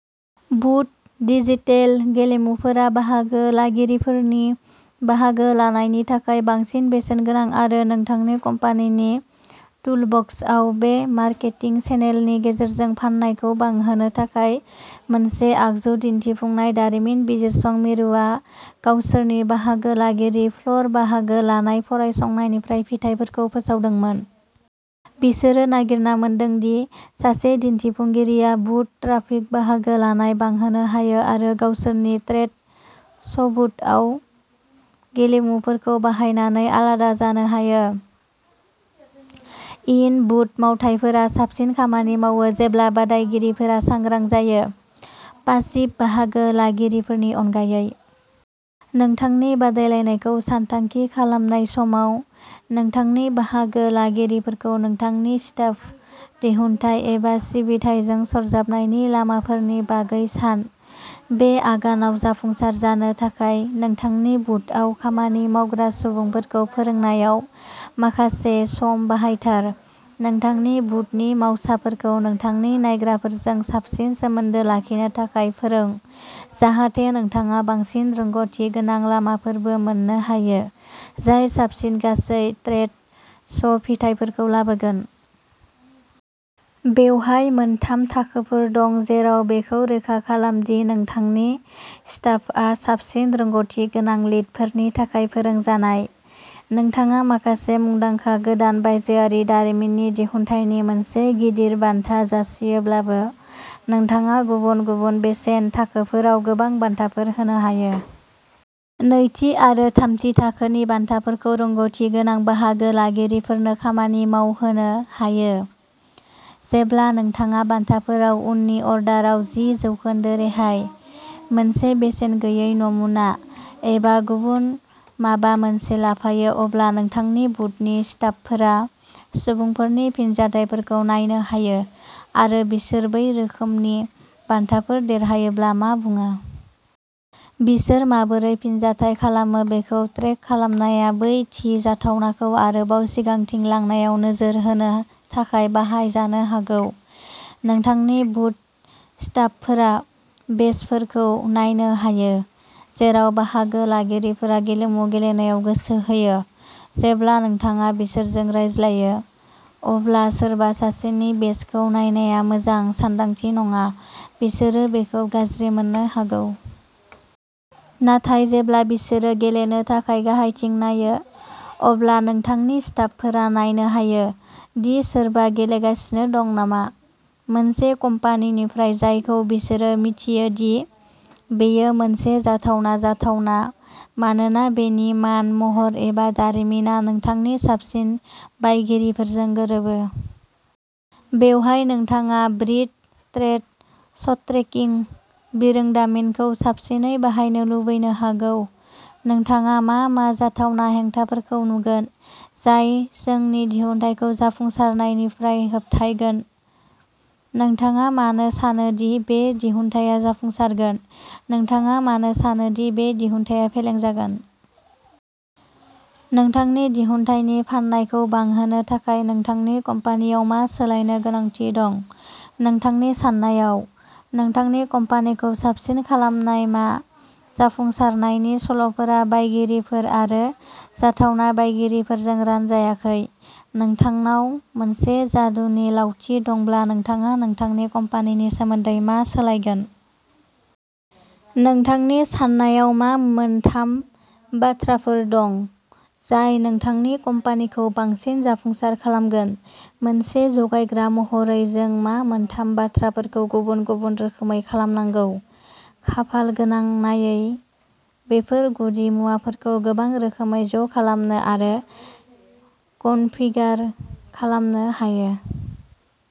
बुथ, digital गेलेमुफोरा बाहागो लागिरिफोरनि बाहागो लानायनि थाखाय बांसिन बेसेनगोनां आरो नोंथांनि कम्पानिनि टुलबक्सआव बे मार्केटिं चेनेलनि गेजेरजों फाननायखौ बांहोनो थाखाय मोनसे आगजु। दिन्थिफुंनाय दारिमिन बिजिरसं मिरुआ गावसोरनि बाहागो लागिरि फ्लर बाहागो लानाय फरायसंनिफ्राय फिथायफोरखौ फोसावदोंमोन। बिसोरो नागिरना मोनदों दि सासे दिन्थिफुंगिरिया बुथ ट्राफिक बाहागो लानाय बांहोनो हायो आरो गावसोरनि ट्रेड श'बुथआव गेलेमुफोरखौ बाहायनानै आलादा जानो हायो। इन-बुथ मावथायफोरा साबसिन खामानि मावो जेब्ला बादायगिरिफोरा सांग्रां जायो, पासिभ बाहागो लागिरिफोरनि अनगायै। नोंथांनि बादायलायनायखौ सानथांखि खालामनाय समाव, नोंथांनि बाहागो लागिरिफोरखौ नोंथांनि स्टाफ, दिहुनथाइ एबा सिबिथाइजों सरजाबनायनि लामाफोरनि बागै सान। बे आगानाव जाफुंसार जानो थाखाय, नोंथांनि बुथआव खामानि मावग्रा सुबुंफोरखौ फोरोंनायाव माखासे सम बाहायथार। नोंथांनि बुथनि मावसाफोरखौ नोंथांनि नायग्राफोरजों साबसिन सोमोन्दो लाखिनो थाखाय फोरों, जाहाथे नोंथाङा बांसिन रोंग'थि गोनां लामाफोरबो मोन्नो हायो, जाय साबसिन गासै ट्रेड श' फिथाइफोरखौ लाबोगोन। बेवहाय मोनथाम थाखोफोर दं जेराव बेखौ रोखा खालाम दि नोंथांनि स्टाफआ साबसिन रोंग'थि गोनां लिडफोरनि थाखाय फोरोंजानाय। नोंथाङा माखासे मुंदांखा गोदान बायजोआरि दारिमिननि दिहुनथायनि मोनसे गिदिर बान्था जासियोब्लाबो, नोंथाङा गुबुन गुबुन बेसेन थाखोफोराव गोबां बान्थाफोर होनो हायो। नैथि आरो थामथि थाखोनि बान्थाफोरखौ रोंग'थि गोनां बाहागो लागिरिफोरनो खामानि मावहोनो हायो। जेब्ला नोंथाङा बान्थाफोराव उननि अर्डाराव जि जौखोन्दो रेहाय, मोनसे बेसेन गैयै नमुना, एबा गुबुन माबा मोनसे लाफायो, अब्ला नोंथांनि बुथनि स्टाफफोरा सुबुंफोरनि फिनजाथायफोरखौ नायनो हायो आरो बिसोर बै रोखोमनि बान्थाफोर देरहायोब्ला मा बुङो। बिसोर माबोरै फिनजाथाय खालामो बेखौ ट्रेक खालामनाया बै थि जाथावनाखौ आरोबाव सिगांथिं लांनायाव नोजोर होनो थाखाय बाहायजानो हागौ। नोंथांनि बुथ स्टाफफोरा बेजफोरखौ नायनो हायो, जेराव बाहागो लागिरिफोरा गेलेमु गेलेनायाव गोसो होयो। जेब्ला नोंथाङा बिसोरजों रायज्लायो, अब्ला सोरबा सासेनि बेजखौ नायनाया मोजां सानदांथि नङा बिसोरो बेखौ गाज्रि मोननो हागौ। नाथाय जेब्ला बिसोरो गेलेनो थाखाय गाहायथिं नायो, अब्ला नोंथांनि स्टाफफोरा नायनो हायो दि सोरबा गेलेगासिनो दं नामा। मोनसे कम्पानिनिफ्राय जायखौ बिसोरो मिथियो दि बेयो मोनसे जाथावना जाथावना, मानोना बेनि मान, महर एबा दारिमिना नोंथांनि साबसिन बायगिरिफोरजों गोरोबो। बेवहाय नोंथाङा ब्रिद ट्रेड श'ट्रेकिं बिरोंदामिनखौ साबसिनै बाहायनो लुबैनो हागौ। नोंथाङा मा मा जाथावना हेंथाफोरखौ नुगोन जाय जोंनि दिहुनथायखौ जाफुंसारनायनिफ्राय होबथायगोन। नोंथाङा मानो सानो दि बे दिहुनथाया जाफुंसारगोन? नोंथाङा मानो सानो दि बे दिहुनथाया फेलें जागोन? नोंथांनि दिहुनथायनि फाननायखौ बांहोनो थाखाय नोंथांनि कम्पानिआव मा सोलायनो गोनांथि दं? नोंथांनि सान्नायाव, नोंथांनि कम्पानिखौ साबसिन खालामनाय मा जाफुंसारनायनि सल'फोरा बायगिरिफोर आरो जाथावना बायगिरिफोरजों रानजायाखै? नोंथांनाव मोनसे जादुनि लावथि दंब्ला नोंथाङा नोंथांनि कम्पानिनि सोमोन्दै मा सोलायगोन? नोंथांनि सान्नायाव मा मोनथाम बाथ्राफोर दं जाय नोंथांनि कम्पानिखौ बांसिन जाफुंसार खालामगोन? मोनसे जगायग्रा महरै जों मा मोनथाम बाथ्राफोरखौ गुबुन-गुबुन रोखोमै खालामनांगौ? खाफालगोनांनायै, बेफोर गुदि मुवाफोरखौ गोबां रोखोमै ज'खालामनो आरो कनफिगार खालामनो हायो।